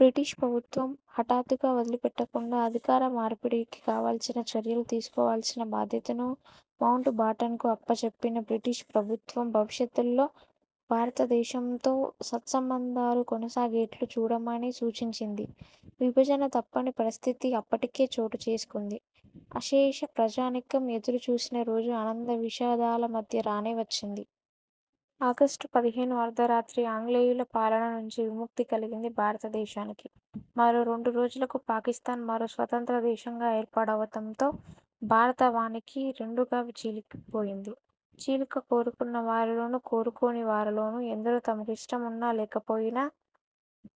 British ప్రభుత్వం. హఠాత్తుగా వదిలిపెట్టకుండా, అధికార మార్పిడికి కావాల్సిన చర్యలు తీసుకోవాల్సిన బాధ్యతను మౌంట్ బాటన్కు అప్పచెప్పిన బ్రిటీష్ ప్రభుత్వం, భవిష్యత్లో భారత దేశంతో సత్సంబంధాలు కొనసాగేట్లు చూడమని సూచించింది. విభజన తప్పని పరిస్థితి అప్పటికే చోటు చేసుకుంది. అశేష ప్రజానీకం ఎదురు చూసిన రోజు ఆనంద విషాదాల మధ్య రానే వచ్చింది. ఆగస్టు పదిహేను అర్థ రాత్రి ఆంగ్లేయుల పాలన నుంచి విముక్తి కలిగింది భారత దేశానికి. మరో రెండు రోజులకు పాకిస్తాన్ మరో స్వతంత్ర దేశంగా ఏర్పాటవడంతో భారతావని రెండుగా చీలి పోయింది. చీలిక కోరుకున్న వారిలోను, కోరుకోని వారిలోను, ఎందరో తమకిష్టం వున్నా లేకపోయినా,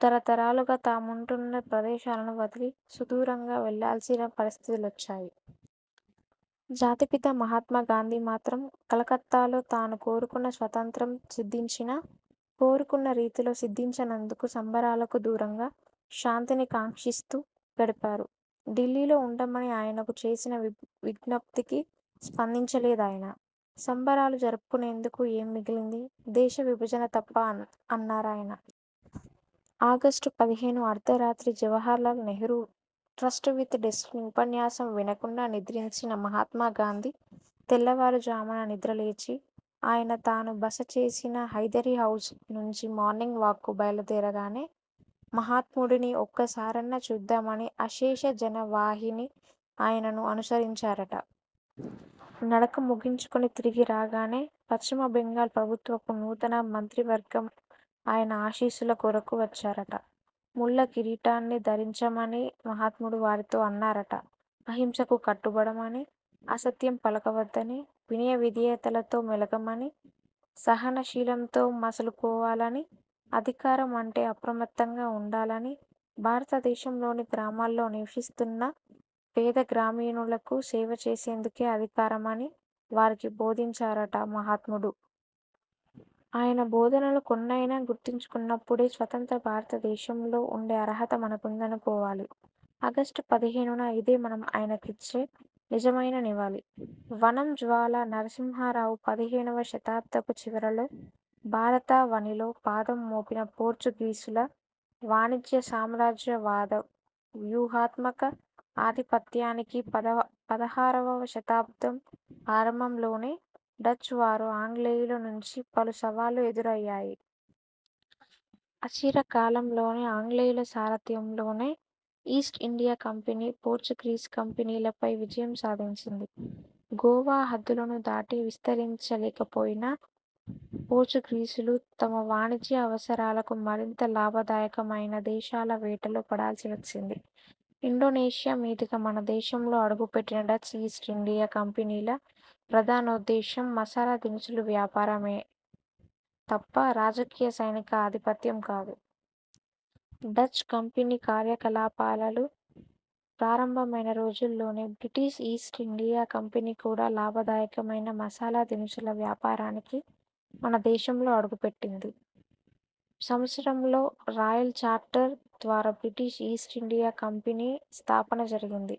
తర తరాలుగా తాముంటున్న ప్రదేశాలను వదిలి, సుదూరంగా వెళ్లాల్సిన పరిస్థితులొచ్చాయి. జాతి పిత మహాత్మా గాంధీ మాత్రం, కలకత్తా లో తాను కోరుకున్న స్వతంత్రం సిద్ధించినా, కోరుకున్న రీతిలో సిద్ధించనందుకు సంబరాలకు దూరంగా, శాంతిని కాంక్షిస్తూ గడిపారు. ఢిల్లీలో వుండమని ఆయనకు చేసిన విజ్ఞప్తికి స్పందించ లేదాయన. సంబరాలు జరుపుకునేందుకు ఏం మిగిలింది? దేశ విభజన తప్ప అన్నారాయన. ఆగస్టు పదిహేను అర్థ రాత్రి Jawaharlal Nehru 'tryst with destiny' ఉపన్యాసం వినకుండా నిద్రించిన మహాత్మా గాంధీ తెల్లవారుజామున నిద్రలేచి, ఆయన తాను బస చేసిన 'హైదరీ హౌజ్' నుంచి మార్నింగ్ వాక్ కు బయలు దేరగానే మహాత్ముడిని ఒక్క సారన్నా చూద్దామని అశేష జన వాహిని ఆయనను అనుసరించారట. నడక ముగించుకుని తిరిగి రాగానే, పశ్చిమ బెంగాల్ ప్రభుత్వపు నూతన మంత్రివర్గం ఆయన ఆశీస్సులకొరకు వచ్చారట. 'ముళ్ల కిరీటాన్ని' ధరించమని మహాత్ముడు వారితో అన్నారట! అహింసకు కట్టుబడమని, అసత్యం పలకొద్దని, వినయ విధేయతలతో మెలగ మని, సహన శీలంతో మసలు కోవాలని, అధికారం అంటే అప్రమత్తంగా వుండాలని, భారతదేశంలోని గ్రామాల్లో నివసిస్తున్న పేద గ్రామీణులకు సేవ చేసేందుకే అధికారమని వారికి బోధించారట మహాత్ముడు. ఆయన బోధనలను కొన్నైనా గుర్తుంచుకున్నప్పుడే, స్వతంత్ర భారతదేశంలో వుండే అర్హత మనకుందనుకోవాలి. ఆగస్టు పదిహేనున ఇదే మనం ఆయనకిచ్చే నిజమైన నివాళి. వనం జ్వాలా నరసింహారావు పదిహేనవ శతాబ్దపు చివరలో భారతా వనిలో పాదం మోపిన పోర్చుగీసుల వాణిజ్య సామ్రాజ్య వాద వ్యూహాత్మక ఆధిపత్యానికి పదహారవ శతాబ్దం ఆరంభంలోనే డచ్ వారు, ఆంగ్లేయుల నుంచి పలు సవాళ్లు ఎదురయ్యాయి. అచిర కాలం లోనే ఆంగ్లేయుల సారథ్యంలోని ఈస్ట్ ఇండియా కంపెనీ, పోర్చుగీస్ కంపెనీలపై విజయం సాధించింది. గోవా హద్దులను దాటి విస్తరించ లేకపోయిన పోర్చుగీసులు తమ వాణిజ్య అవసరాలకు మరింత లాభదాయకమైన దేశాల వేటలో పడాల్సి వచ్చింది. ఇండొనేషియా మీదుగా మనదేశంలో అడుగు పెట్టిన డచ్ ఈస్ట్ ఇండియా కంపెనీ ప్రధానోద్దేశం మసాలా దినుసుల వ్యాపారమే తప్ప రాజకీయ సైనిక ఆధిపత్యం కాదు. డచ్ కంపెనీ కార్యకలాపాలు ప్రారంభమైన రోజుల్లోనే, బ్రిటీష్ ఈస్ట్ ఇండియా కంపెనీ కూడా లాభదాయకమైన మసాలా దినుసుల వ్యాపారానికి మన దేశంలో అడుగుపెట్టింది. సంవత్సరంలో, రాయల్ చార్టర్ ద్వారా బ్రిటీష్ ఈస్ట్ ఇండియా కంపెనీ స్థాపన జరిగింది.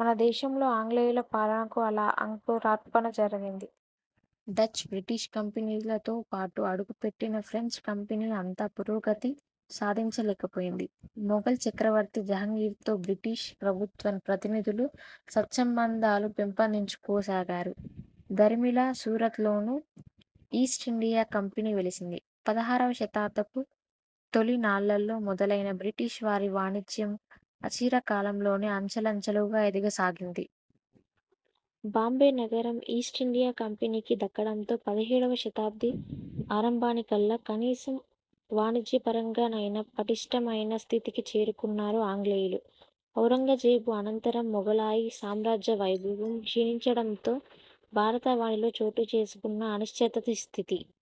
మన దేశంలో ఆంగ్లేయుల పాలనకు అలా అంకురార్పణ జరిగింది. డచ్, బ్రిటీష్ కంపెనీలతో పాటు అడుగుపెట్టిన ఫ్రెంచ్ కంపెనీ అంత పురోగతి సాధించ లేకపోయింది. మొగల్ చక్రవర్తి జహంగీర్తో బ్రిటీష్ ప్రభుత్వ ప్రతినిధులు సత్సంబంధాలు పెంపొందించుకోసాగారు. దరిమిలా సూరత్ లోనూ ఈస్ట్ ఇండియా కంపెనీ వెలసింది. పదహారవ శతాబ్దపు తొలి నాళ్లలో మొదలైన బ్రిటీష్ వారి వాణిజ్యం అచిర కాలంలోనే అంచెలంచెలుగా ఎదగసాగింది. బాంబే నగరం ఈస్ట్ ఇండియా కంపెనీకి దక్కడంతో, పదిహేడవ శతాబ్ది ఆరంభానికల్లా, కనీసం వాణిజ్యపరంగా నైనా పటిష్ఠమైన స్థితికి చేరుకున్నారు ఆంగ్లేయులు. ఔరంగజేబు అనంతరం మొగలాయి సామ్రాజ్య వైభవం క్షీణించడంతో భారతావనిలో చోటు చేసుకున్న అనిశ్చిత స్థితి